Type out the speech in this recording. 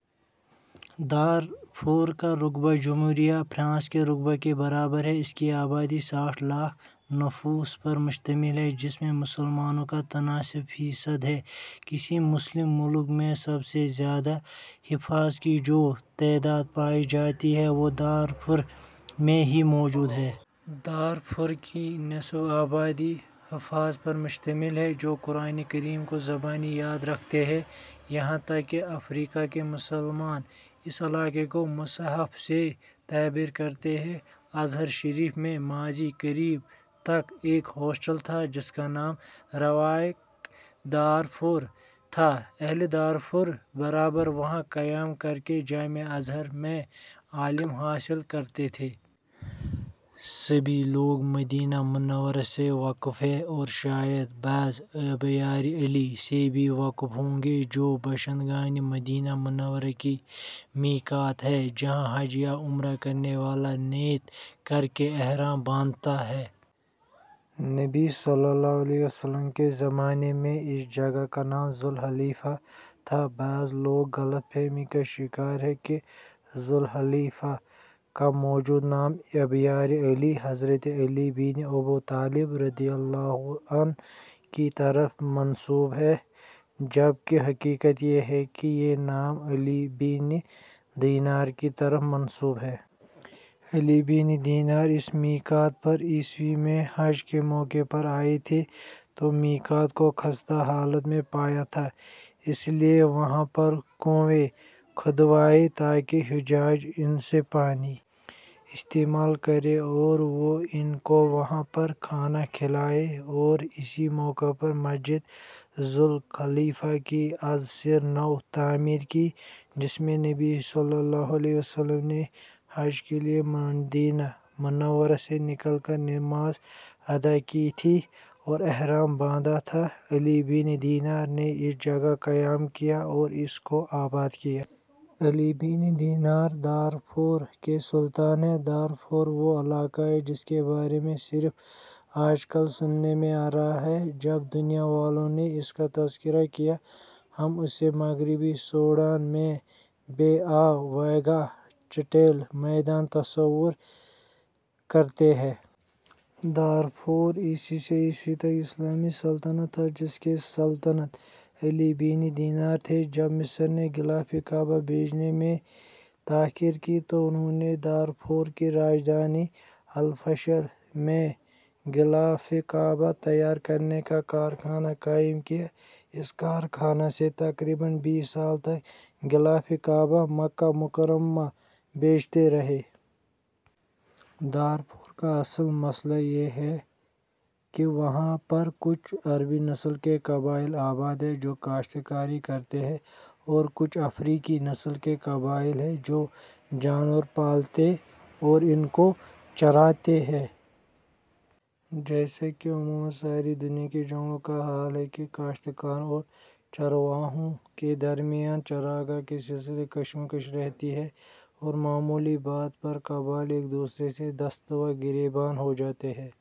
Darfur کا رقبہ جمہوریہ فرانس کے رقبہ کے برابر ہے، اس کی آبادی ساٹھ لاکھ نفوس پر مشتمل ہے، جس میں مسلمانوں کا تناسب فی صد ہے۔ کسی مسلم ملک میں سب سے زیادہ حفاظ کی جو تعداد پائی جاتی ہے وہ دارفور میں ہی موجود ہے۔ دارفور کی نصف آبادی حفاظ پر مشتمل ہے جو قرآنِ کریم کو زبانی یاد رکھتے ہیں، یہاں تک کہ افریقا کے مسلمان اس علاقہ کو " مصحف " سے تعبیر کرتے ہیں۔ ازہر شریف میں ماضی قریب تک ایک ہاسٹل تھا جس کا نام " رواق دارفور " تھا، اہلِ دارفور برابر وہاں قیام کرکے جامعہ ازہر میں علم حاصل کرتے تھے۔ سبھی لوگ مدینہ منورہ سے واقف ہیں اور شاید بعض " ابیارِ علی " سے بھی واقف ہوں گے جو باشند گانِ مدینہ منورہ کی میقات ہے جہاں حج یا عمرہ کرنے والا نیت کرکے احرام باندھتا ہے۔ نبی صلی الله علیہ وسلم کے زمانے میں اس جگہ کا نام ذوالحلیفہ تھا بعض لوگ غلط فہمی کا شکار ہیں کہ ذوالحلیفہ کا موجودہ نام " ابیارِ علی " حضرت علی بن ابی طالب رضی الله عنہ کی طرف منسوب ہے جب کہ حقیقت یہ ہے کہ یہ نام علی بن دینار کی طرف منسوب ہے۔ علی بن دینار اس میقات پر ء میں حج کے موقع پر آئے تھے تو میقات کو خستہ حالت میں پایا تھا، اس لیے وہاں پر کنویں کھدوائے تاکہ حجاج ان سے پانی استعمال کریں اور وہ ان کو وہاں پر کھانا کھلائیں اور اسی موقع پر مسجد ذوالحلیفہ کی ازسرِ نو تعمیر کی، جس میں نبی صلی الله علیہ وسلم نے حج کے لیے مدینہ منورہ سے نکل کر نماز ادا کی تھی اور احرام باندھا تھا، علی بن دینار نے اس جگہ قیام کیا اور اس کو آباد کیا۔ علی بن دینار دارفور کے سلطان ہیں، دارفور وہ علاقہ ہے جس کے بارے میں صرف آج کل سننے میں آ رہا ہے، جب دنیا والوں نے اس کا تذکرہ کیا، ہم اسے مغربی سوڈان میں بے آب وگیاہ چٹیل میدان تصو رکرتے ہیں۔ دارفور ء سے ء تک اسلامی سلطنت تھا، جس کے سلطان علی بن دینار تھے۔ جب مصر نے غلافِ کعبہ بھیجنے میں تاخیر کی تو انھوں نے دارفور کی راجدھانی الفاشر میں غلاف کعبہ تیار کرنے کا کارخانہ قائم کیا، اس کارخانہ سے تقریباً بیس سال تک غلاف کعبہ مکہ مکرمہ بھیجتے رہے۔ دارفور کا اصل مسئلہ یہ ہے کہ وہاں پر کچھ عربی نسل کے قبائل آباد ہیں جو کاشت کاری کرتے ہیں او رکچھ افریقی نسل کے قبائل ہیں جو جانور پالتے اور ان کوچراتے ہیں۔ جیسا کہ عموماً ساری دنیا کے جنگلوں کا حال ہے کہ کاشت کاروں اورچرواہوں کے درمیان چراگاہ کے سلسلے کشمکش رہتی ہے اور معمولی بات پر قبائل ایک دوسرے سے دست وگربیاں ہو جاتے ہیں۔